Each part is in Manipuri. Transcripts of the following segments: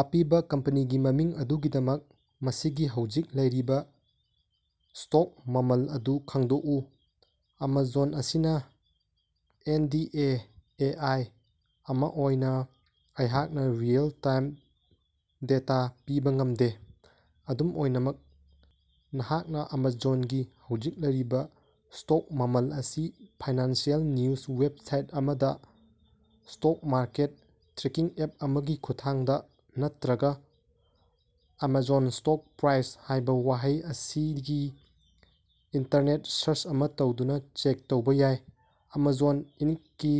ꯑꯄꯤꯕ ꯀꯝꯄꯅꯤꯒꯤ ꯃꯃꯤꯡ ꯑꯗꯨꯒꯤꯗꯃꯛ, ꯃꯁꯤꯒꯤ ꯍꯧꯖꯤꯛ ꯂꯩꯔꯤꯕ ꯁ꯭ꯇꯣꯛ ꯃꯃꯜ ꯑꯗꯨ ꯈꯪꯗꯣꯛꯎ꯫ ꯑꯦꯃꯥꯖꯣꯟ ꯑꯁꯤꯅ ꯑꯦꯟ. ꯗꯤ. ꯑꯦ ꯑꯦ. ꯑꯥꯏ. ꯑꯃ ꯑꯣꯏꯅ ꯑꯩꯍꯥꯛꯅ ꯔꯤꯑꯦꯜ-ꯇꯥꯏꯝ ꯗꯦꯇ ꯄꯤꯕ ꯉꯝꯗꯦ꯫ ꯑꯗꯨꯝ ꯑꯣꯏꯅꯃꯛ, ꯅꯍꯥꯛꯅ ꯑꯦꯃꯥꯖꯣꯟꯒꯤ ꯍꯧꯖꯤꯛ ꯂꯩꯔꯤꯕ ꯁ꯭ꯇꯣꯛ ꯃꯃꯜ ꯑꯁꯤ ꯐꯥꯏꯅꯥꯟꯁꯤꯑꯦꯜ ꯅꯤꯎꯖ ꯋꯦꯕꯁꯥꯏꯠ ꯑꯃꯗ, ꯁ꯭ꯇꯣꯛ ꯃꯥꯔꯀꯦꯠ ꯇ꯭ꯔꯦꯀꯤꯡ ꯑꯦꯞ ꯑꯃꯒꯤ ꯈꯨꯠꯊꯥꯡꯗ ꯅꯠꯇ꯭ꯔꯒ `ꯑꯦꯃꯥꯖꯣꯟ ꯁ꯭ꯇꯣꯛ ꯄ꯭ꯔꯥꯏꯁ` ꯍꯥꯏꯕ ꯋꯥꯍꯩ ꯑꯁꯤꯒꯤ ꯏꯟꯇꯔꯅꯦꯠ ꯁꯔꯆ ꯑꯃ ꯇꯧꯗꯨꯅ ꯆꯦꯛ ꯇꯧꯕ ꯌꯥꯏ꯫ ꯑꯦꯃꯥꯖꯣꯟ ꯏꯟꯛꯀꯤ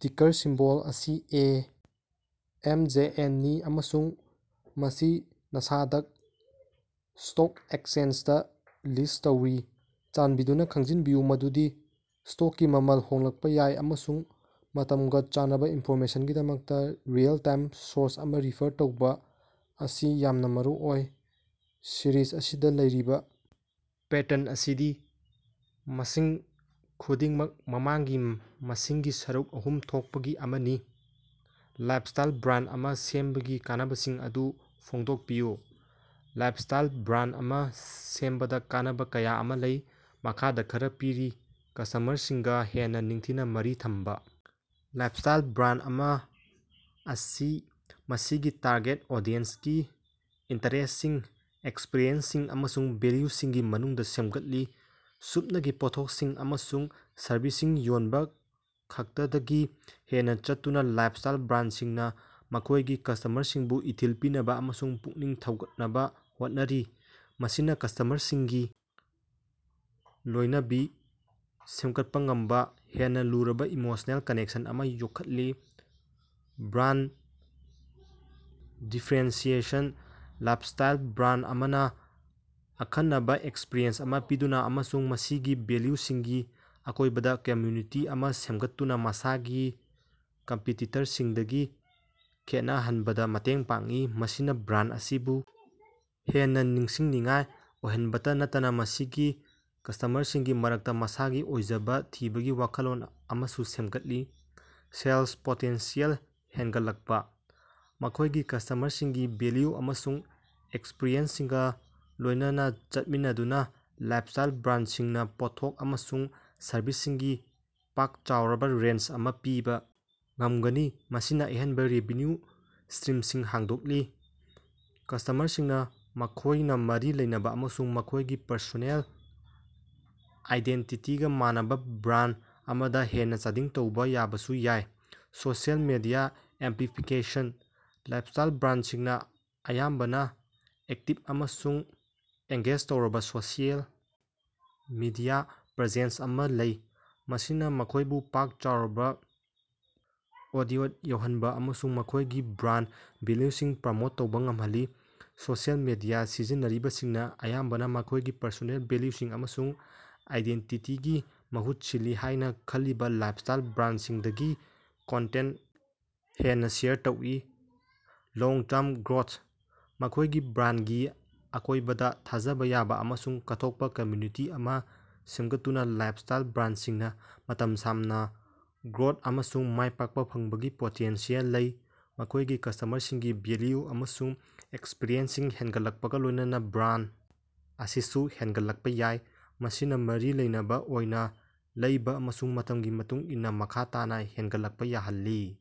ꯇꯤꯀꯔ ꯁꯤꯝꯕꯣꯜ ꯑꯁꯤ ꯑꯦ. ꯑꯦꯝ. ꯖꯦ. ꯑꯦꯟ. ꯅꯤ ꯑꯃꯁꯨꯡ ꯃꯁꯤ ꯅꯥꯁꯗꯛ ꯁ꯭ꯇꯣꯛ ꯑꯦꯛꯆꯦꯟꯖꯗ ꯂꯤꯁ꯭ꯠ ꯇꯧꯔꯤ꯫ ꯆꯥꯟꯕꯤꯗꯨꯅ ꯈꯪꯖꯤꯟꯕꯤꯌꯨ ꯃꯗꯨꯗꯤ ꯁ꯭ꯇꯣꯛꯀꯤ ꯃꯃꯜ ꯍꯣꯡꯂꯛꯄ ꯌꯥꯏ ꯑꯃꯁꯨꯡ ꯃꯇꯃꯒ ꯆꯥꯟꯅꯕ ꯏꯟꯐꯣꯔꯃꯦꯁꯟꯒꯤꯗꯃꯛꯇ ꯔꯤꯑꯦꯜ-ꯇꯥꯏꯝ ꯁꯣꯔꯁ ꯑꯃ ꯔꯤꯐꯔ ꯇꯧꯕ ꯑꯁꯤ ꯌꯥꯝꯅ ꯃꯔꯨꯑꯣꯏ꯫ ꯁꯤꯔꯤꯖ ꯑꯁꯤꯗ ꯂꯩꯔꯤꯕ ꯄꯦꯇꯔꯟ ꯑꯁꯤꯗꯤ ꯃꯁꯤꯡ ꯈꯨꯗꯤꯡꯃꯛ ꯃꯃꯥꯡꯒꯤ ꯃꯁꯤꯡꯒꯤ ꯁꯔꯨꯛ ꯑꯍꯨꯝ ꯊꯣꯛꯄꯒꯤ ꯑꯃꯅꯤ꯫ ꯂꯥꯏꯐꯁ꯭ꯇꯥꯏꯜ ꯕ꯭ꯔꯥꯟꯗ ꯑꯃ ꯁꯦꯝꯕꯒꯤ ꯀꯥꯟꯅꯕꯁꯤꯡ ꯑꯗꯨ ꯐꯣꯡꯗꯣꯛꯄꯤꯌꯨ꯫ ꯂꯥꯏꯐꯁ꯭ꯇꯥꯏꯜ ꯕ꯭ꯔꯥꯟꯗ ꯑꯃ ꯁꯦꯝꯕꯗ ꯀꯥꯟꯅꯕ ꯀꯌꯥ ꯑꯃ ꯂꯩ꯫ ꯃꯈꯥꯗ ꯈꯔ ꯄꯤꯔꯤ: ꯀꯁꯇꯃꯔꯁꯤꯡꯒ ꯍꯦꯟꯅ ꯅꯤꯡꯊꯤꯅ ꯃꯔꯤ ꯊꯝꯕ: ꯂꯥꯏꯐꯁ꯭ꯇꯥꯏꯜ ꯕ꯭ꯔꯥꯟꯗ ꯑꯃ ꯑꯁꯤ ꯃꯁꯤꯒꯤ ꯇꯥꯔꯒꯦꯠ ꯑꯣꯗꯤꯁꯟꯒꯤ ꯏꯟꯇꯔꯦꯁꯁꯤꯡ, ꯑꯦꯁꯄꯤꯔꯦꯁꯟꯁꯤꯡ ꯑꯃꯁꯨꯡ ꯚꯦꯜꯌꯨꯁꯤꯡꯒꯤ ꯃꯅꯨꯡꯗ ꯁꯦꯝꯒꯠꯂꯤ꯫ ꯁꯨꯞꯅꯒꯤ ꯄꯣꯠꯊꯣꯛꯁꯤꯡ ꯑꯃꯁꯨꯡ ꯁꯔꯕꯤꯁꯁꯤꯡ ꯌꯣꯟꯕ ꯈꯛꯇꯗꯒꯤ ꯍꯦꯟꯅ ꯆꯠꯇꯨꯅ, ꯂꯥꯏꯐꯁ꯭ꯇꯥꯏꯜ ꯕ꯭ꯔꯥꯟꯗꯁꯤꯡꯅ ꯃꯈꯣꯏꯒꯤ ꯀꯁꯇꯃꯔꯁꯤꯡꯕꯨ ꯏꯊꯤꯜ ꯄꯤꯅꯕ ꯑꯃꯁꯨꯡ ꯄꯨꯛꯅꯤꯡ ꯊꯧꯒꯠꯅꯕ ꯍꯣꯠꯅꯔꯤ, ꯃꯁꯤꯅ ꯀꯁꯇꯃꯔꯁꯤꯡꯒꯤ ꯂꯣꯏꯅꯕꯤ ꯁꯦꯝꯒꯠꯄ ꯉꯝꯕ ꯍꯦꯟꯅ ꯂꯨꯔꯕ ꯏꯃꯣꯁꯅꯦꯜ ꯀꯅꯦꯛꯁꯟ ꯑꯃ ꯌꯣꯛꯈꯠꯂꯤ꯫ ꯕ꯭ꯔꯥꯟꯗ ꯗꯤꯐꯦꯔꯦꯟꯁꯤꯌꯦꯁꯟ: ꯂꯥꯏꯐꯁ꯭ꯇꯥꯏꯜ ꯕ꯭ꯔꯥꯟꯗ ꯑꯃꯅ ꯑꯈꯟꯅꯕ ꯑꯦꯛꯁꯄꯔꯤꯌꯦꯟꯁ ꯑꯃ ꯄꯤꯗꯨꯅ ꯑꯃꯁꯨꯡ ꯃꯁꯤꯒꯤ ꯚꯦꯜꯌꯨꯁꯤꯡꯒꯤ ꯑꯀꯣꯏꯕꯗ ꯀꯝꯃ꯭ꯌꯨꯅꯤꯇꯤ ꯑꯃ ꯁꯦꯝꯒꯠꯇꯨꯅ ꯃꯁꯥꯒꯤ ꯀꯝꯄꯤꯇꯤꯇꯔꯁꯤꯡꯗꯒꯤ ꯈꯦꯠꯅꯍꯟꯕꯗ ꯃꯇꯦꯡ ꯄꯥꯡꯏ꯫ ꯃꯁꯤꯅ ꯕ꯭ꯔꯥꯟꯗ ꯑꯁꯤꯕꯨ ꯍꯦꯟꯅ ꯅꯤꯡꯁꯤꯡꯅꯤꯡꯉꯥꯏ ꯑꯣꯏꯍꯟꯕꯇ ꯅꯠꯇꯅ ꯃꯁꯤꯒꯤ ꯀꯁ꯭ꯇꯃꯔꯁꯤꯡꯒꯤ ꯃꯔꯛꯇ ꯃꯁꯥꯒꯤ ꯑꯣꯏꯖꯕ ꯊꯤꯕꯒꯤ ꯋꯥꯈꯜꯂꯣꯟ ꯑꯃꯁꯨ ꯁꯦꯝꯒꯠꯂꯤ꯫ ꯁꯦꯜꯁ ꯄꯣꯇꯦꯟꯁꯤꯌꯦꯜ ꯍꯦꯟꯒꯠꯂꯛꯄ: ꯃꯈꯣꯏꯒꯤ ꯀꯁꯇꯃꯔꯁꯤꯡꯒꯤ ꯚꯦꯜꯌꯨ ꯑꯃꯁꯨꯡ ꯑꯦꯁꯄꯤꯔꯦꯁꯟꯁꯤꯡꯒ ꯂꯣꯏꯅꯅ ꯆꯠꯃꯤꯟꯅꯗꯨꯅ ꯂꯥꯏꯐꯁ꯭ꯇꯥꯏꯜ ꯕ꯭ꯔꯥꯟꯗꯁꯤꯡꯅ ꯄꯣꯠꯊꯣꯛ ꯑꯃꯁꯨꯡ ꯁꯔꯕꯤꯁꯁꯤꯡꯒꯤ ꯄꯥꯛ ꯆꯥꯎꯔꯕ ꯔꯦꯟꯖ ꯑꯃ ꯄꯤꯕ ꯉꯝꯒꯅꯤ, ꯃꯁꯤꯅ ꯑꯍꯦꯟꯕ ꯔꯦꯚꯤꯅ꯭ꯌꯨ ꯁꯇ꯭ꯔꯤꯝꯁꯤꯡ ꯍꯥꯡꯗꯣꯛꯂꯤ꯫ ꯀꯁꯇꯃꯔꯁꯤꯡꯅ ꯃꯈꯣꯏꯅ ꯃꯔꯤ ꯂꯩꯅꯕ ꯑꯃꯁꯨꯡ ꯃꯈꯣꯏꯒꯤ ꯄꯔꯁꯣꯅꯦꯜ ꯑꯥꯏꯗꯦꯟꯇꯤꯇꯤꯒ ꯃꯥꯟꯅꯕ ꯕ꯭ꯔꯥꯟꯗ ꯑꯃꯗ ꯍꯦꯟꯅ ꯆꯥꯗꯤꯡ ꯇꯧꯕ ꯌꯥꯕꯁꯨ ꯌꯥꯏ꯫ ꯁꯣꯁꯤꯑꯦꯜ ꯃꯤꯗꯤꯌꯥ ꯑꯦꯝꯄ꯭ꯂꯤꯐꯤꯀꯦꯁꯟ: ꯂꯥꯏꯐꯁ꯭ꯇꯥꯏꯜ ꯕ꯭ꯔꯥꯟꯗꯁꯤꯡꯅ ꯑꯌꯥꯝꯕꯅ ꯑꯦꯛꯇꯤꯕ ꯑꯃꯁꯨꯡ ꯑꯦꯡꯒꯦꯖ ꯇꯧꯔꯕ ꯁꯣꯁꯤꯑꯦꯜ ꯃꯤꯗꯤꯌꯥ ꯄ꯭ꯔꯦꯖꯦꯟꯁ ꯑꯃ ꯂꯩ, ꯃꯁꯤꯅ ꯃꯈꯣꯏꯕꯨ ꯄꯥꯛ ꯆꯥꯎꯔꯕ ꯑꯣꯗꯤꯑꯣꯗ ꯌꯧꯍꯟꯕ ꯑꯃꯁꯨꯡ ꯃꯈꯣꯏꯒꯤ ꯕ꯭ꯔꯥꯟꯗ ꯚꯦꯜꯌꯨꯁꯤꯡ ꯄ꯭ꯔꯃꯣꯠ ꯇꯧꯕ ꯉꯝꯍꯜꯂꯤ꯫ ꯁꯣꯁꯤꯑꯦꯜ ꯃꯤꯗꯤꯌꯥ ꯁꯤꯖꯤꯟꯅꯔꯤꯕꯁꯤꯡꯅ ꯑꯌꯥꯝꯕꯅ ꯃꯈꯣꯏꯒꯤ ꯄꯔꯁꯣꯅꯦꯜ ꯚꯦꯜꯌꯨꯁꯤꯡ ꯑꯃꯁꯨꯡ ꯑꯥꯏꯗꯦꯟꯇꯤꯇꯤꯒꯤ ꯃꯍꯨꯠ ꯁꯤꯜꯂꯤ ꯍꯥꯏꯅ ꯈꯜꯂꯤꯕ ꯂꯥꯏꯐꯁ꯭ꯇꯥꯏꯜ ꯕ꯭ꯔꯥꯟꯗꯁꯤꯡꯗꯒꯤ ꯀꯟꯇꯦꯟꯠ ꯍꯦꯟꯅ ꯁꯦꯌꯔ ꯇꯧꯏ꯫ ꯂꯣꯡ-ꯇꯔꯝ ꯒ꯭ꯔꯣꯊ: ꯃꯈꯣꯏꯒꯤ ꯕ꯭ꯔꯥꯟꯗꯒꯤ ꯑꯀꯣꯏꯕꯗ ꯊꯥꯖꯕ ꯌꯥꯕ ꯑꯃꯁꯨꯡ ꯀꯠꯊꯣꯛꯄ ꯀꯝꯃ꯭ꯌꯨꯅꯤꯇꯤ ꯑꯃ ꯁꯦꯝꯒꯠꯇꯨꯅ ꯂꯥꯏꯐꯁ꯭ꯇꯥꯏꯜ ꯕ꯭ꯔꯥꯟꯗꯁꯤꯡꯅ ꯃꯇꯝ ꯁꯥꯡꯅ ꯒ꯭ꯔꯣꯊ ꯑꯃꯁꯨꯡ ꯃꯥꯏꯄꯥꯛꯄ ꯐꯪꯕꯒꯤ ꯄꯣꯇꯦꯟꯁꯤꯌꯦꯜ ꯂꯩ꯫ ꯃꯈꯣꯏꯒꯤ ꯀꯁꯇꯃꯔꯁꯤꯡꯒꯤ ꯚꯦꯜꯌꯨ ꯑꯃꯁꯨꯡ ꯑꯦꯁꯄꯤꯔꯦꯁꯟꯁꯤꯡ ꯍꯦꯟꯒꯠꯂꯛꯄꯒ ꯂꯣꯏꯅꯅ ꯕ꯭ꯔꯥꯟꯗ ꯑꯁꯤꯁꯨ ꯍꯦꯟꯒꯠꯂꯛꯄ ꯌꯥꯏ, ꯃꯁꯤꯅ ꯃꯔꯤ ꯂꯩꯅꯕ ꯑꯣꯏꯅ ꯂꯩꯕ ꯑꯃꯁꯨꯡ ꯃꯇꯝꯒꯤ ꯃꯇꯨꯡ ꯏꯟꯅ ꯃꯈꯥ ꯇꯥꯅ ꯍꯦꯟꯒꯠꯂꯛꯄ ꯌꯥꯍꯜꯂꯤ꯫